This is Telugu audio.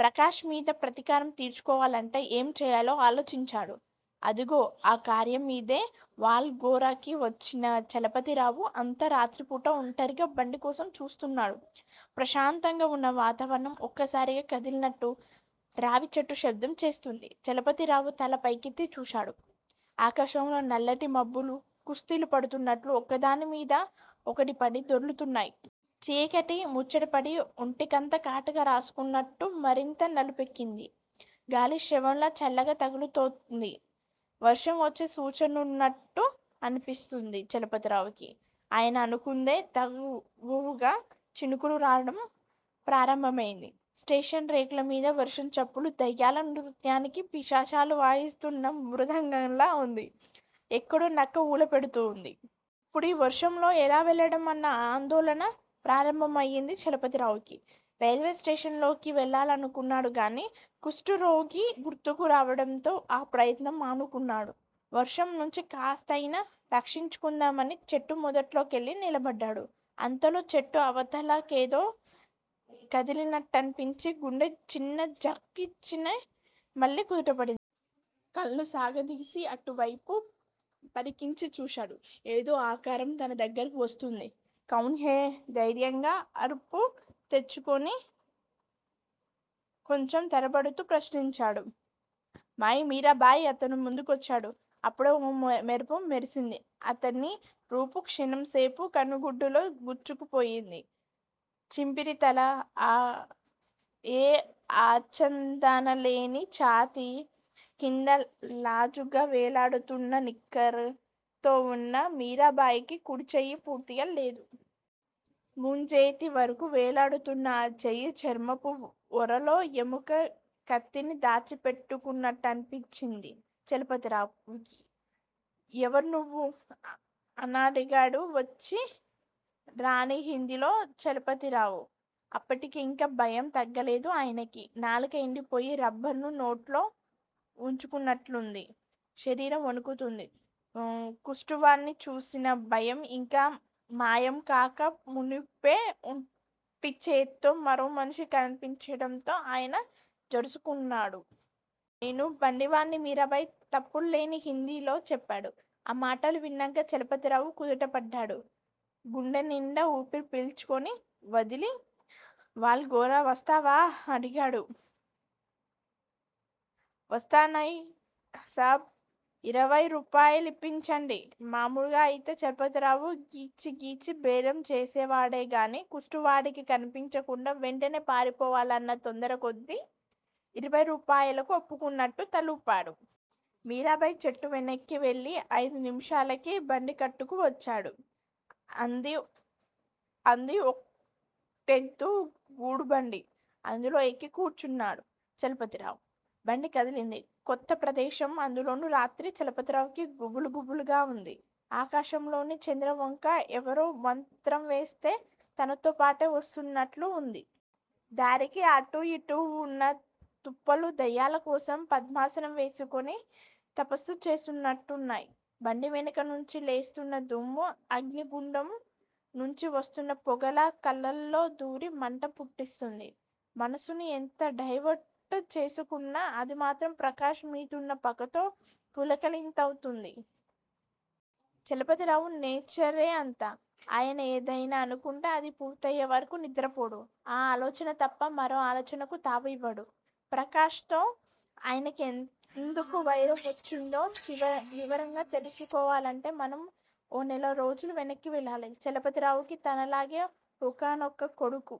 ప్రకాష్ మీద ప్రతీకారం తీర్చుకోవాలంటే ఏం చేయాలో ఆలోచించాడు. అదిగో ఆ కార్యంమీదే వాల్ ఘెరాకి వచ్చిన చలపతిరావు అంత రాత్రిపూట ఒంటరిగా బండికోసం చూస్తున్నాడు. ప్రశాంతంగా వున్న వాతావరణం ఒక్కసారిగా కదిలినట్టు రావిచెట్టు శబ్దం చేస్తోంది. చలపతిరావు తల పైకెత్తి చూశాడు. ఆకాశంలో నల్లటి మబ్బులు కుస్తీలు పడుతున్నట్టు ఒకదానిమీద ఒకటిపడి దొర్లుతున్నాయి. చీకటి ముచ్చటపడి ఒంటికంతా కాటుక రాసుకున్నట్టు మరింత నలుపెక్కింది. గాలి శవంలా చల్లగా తగులుతోంది. వర్షం వచ్చే సూచనలున్నట్టు అనిపించింది చలపతిరావుకి. ఆయన అనుకుందే తడవుగా చినుకులు రాలడం ప్రారంభమైంది. స్టేషన్ రేకులమీద వర్షం చప్పుడు దెయ్యాల నృత్యానికి పిశాచాలు వాయిస్తున్న మృదంగంలా వుంది. ఎక్కడో నక్క ఊళ పెడుతోంది. ఇప్పుడీ వర్షంలో ఎలా వెళ్లడం అన్న ఆందోళన ప్రారంభమైంది చలపతిరావుకి. రైల్వేస్టేషన్ లోకి వెళ్ళాలనుకున్నాడుగానీ కుష్టురోగి గుర్తుకు రావడంతో ఆ ప్రయత్నం మానుకున్నాడు. వర్షం నుంచి కాస్తయినా రక్షించుకుందామని చెట్టు మొదట్లో కెళ్ళి నిలబడ్డాడు. అంతలో చెట్టు అవతల ఏదో కదిలినట్టనిపించి, గుండె చిన్న జర్క్ ఇచ్చి మళ్ళీ కుదుటపడింది. కళ్ళు సాగదీసి అటువేపు పరికించి చూశాడు. ఏదో ఆకారం తన దగ్గరకే వస్తోంది. కౌన్ హై? ధైర్యాన్ని అరువు తెచ్చుకొని కొంచెం తడబడుతూ ప్రశ్నించాడు. మై- మీరాభాయ్ అతను ముందుకొచ్చాడు. అప్పుడే ఓ మెరుపు మెరిసింది. అతని రూపు క్షణంసేపు కనుగుడ్డులో గుచ్చుకుపోయింది. చింపిరితల, ఏ ఆచ్చాదనాలేని ఛాతీ, కింద లాజుగా వేలాడుతున్న నిక్కర్ తో వున్న మీరాభాయ్ కి కుడిచెయ్యి పూర్తిగా లేదు. ముంజేతి వరకు వేలాడుతున్న ఆ చెయ్యి చర్మపు ఒరలో ఎముక కత్తిని దాచిపెట్టుకున్నట్టనిపించింది చలపతిరావుకి. ఎవర్నువ్వు? అనడిగాడు వచ్చీ రాణి హిందీలో చలపతిరావు. అప్పటికింకా భయం తగ్గలేదు ఆయనకి. నాలుక ఎండిపోయి రబ్బర్ ను నోట్లో వుంచుకున్నట్టుంది. శరీరం వణుకుతోంది. కుష్టువాడ్ని చూసిన భయం ఇంకా మాయం కాక మునుపే ఒంటిచేత్తో మరో మనిషి కనిపించడంతో ఆయన జడుసుకున్నాడు. నేను బండివాడ్ని మీరాభాయ్ తప్పుల్లేని హిందీలో చెప్పాడు. ఆ మాటలు విన్నాక చలపతిరావు కుదుటపడ్డాడు. గుండెల్నిండా ఊపిరి పీల్చుకొని వదిలి- వాల్ ఘెరా వస్తావా? అనడిగాడు. వస్తాయన్ సాబ్- ఇరవయ్ రూపాయలిప్పించండి మామూలుగా అయితే చలపతిరావు గీచిగీచి బేరం చేసేవాడేగానీ కుష్టువాడికి కనిపించకుండా వెంటనే పారిపోవాలన్న తొందరకొద్దీ ఇరవై రూపాయలకు ఒప్పుకున్నట్టు తలూపాడు. మీరాభాయ్ చెట్టు వెనక్కి వెళ్ళి ఐదు నిమిషాలకి బండి కట్టుకు వచ్చాడు. అంది ఒంటెద్దు గూడుబండి. అందులో ఎక్కి కూర్చున్నాడు చలపతిరావు. బండి కదిలింది. కొత్త ప్రదేశం- అందులోనూ రాత్రి- చలపతిరావుకి గుబులు- గుబులుగా వుంది. ఆకాశంలోని చంద్రవంక ఎవరో మంత్రంవేస్తే తనతోపాటు వస్తున్నట్లు వుంది. దారికి అటూ ఇటూ వున్న తుప్పలు దెయ్యాల కోసం పద్మాసనం వేసుకొని తపస్సు చేస్తున్నట్టున్నాయి. బండి వెనుక నుంచి లేస్తున్న దుమ్ము అగ్నిగుండం నుంచి వస్తున్న పొగలా కళ్ళల్లో దూరి మంట పుట్టిస్తోంది. మనసుని ఎంత డైవర్ట్ చేసుకుంటున్నా అది మాత్రం ప్రకాష్ మీదున్న పగతో పుక్కళింతలవుతోంది. చలపతిరావు నేచురే అంత. ఆయన ఏదయినా అనుకుంటే అది పూర్తయ్యేవరకు నిద్రపోడు. ఆ ఆలోచన తప్ప మరో ఆలోచనకు తావు ఇవ్వడు. ప్రకాష్ తో ఆయనకి ఎందుకు వైరం వచ్చిందో వివరంగా తెలుసుకోవాలంటే మనం ఓ నెలరోజులు వెనక్కి వెళ్ళాలి. చలపతిరావుకి తనలాగే ఒక్కగానొక్క కొడుకు.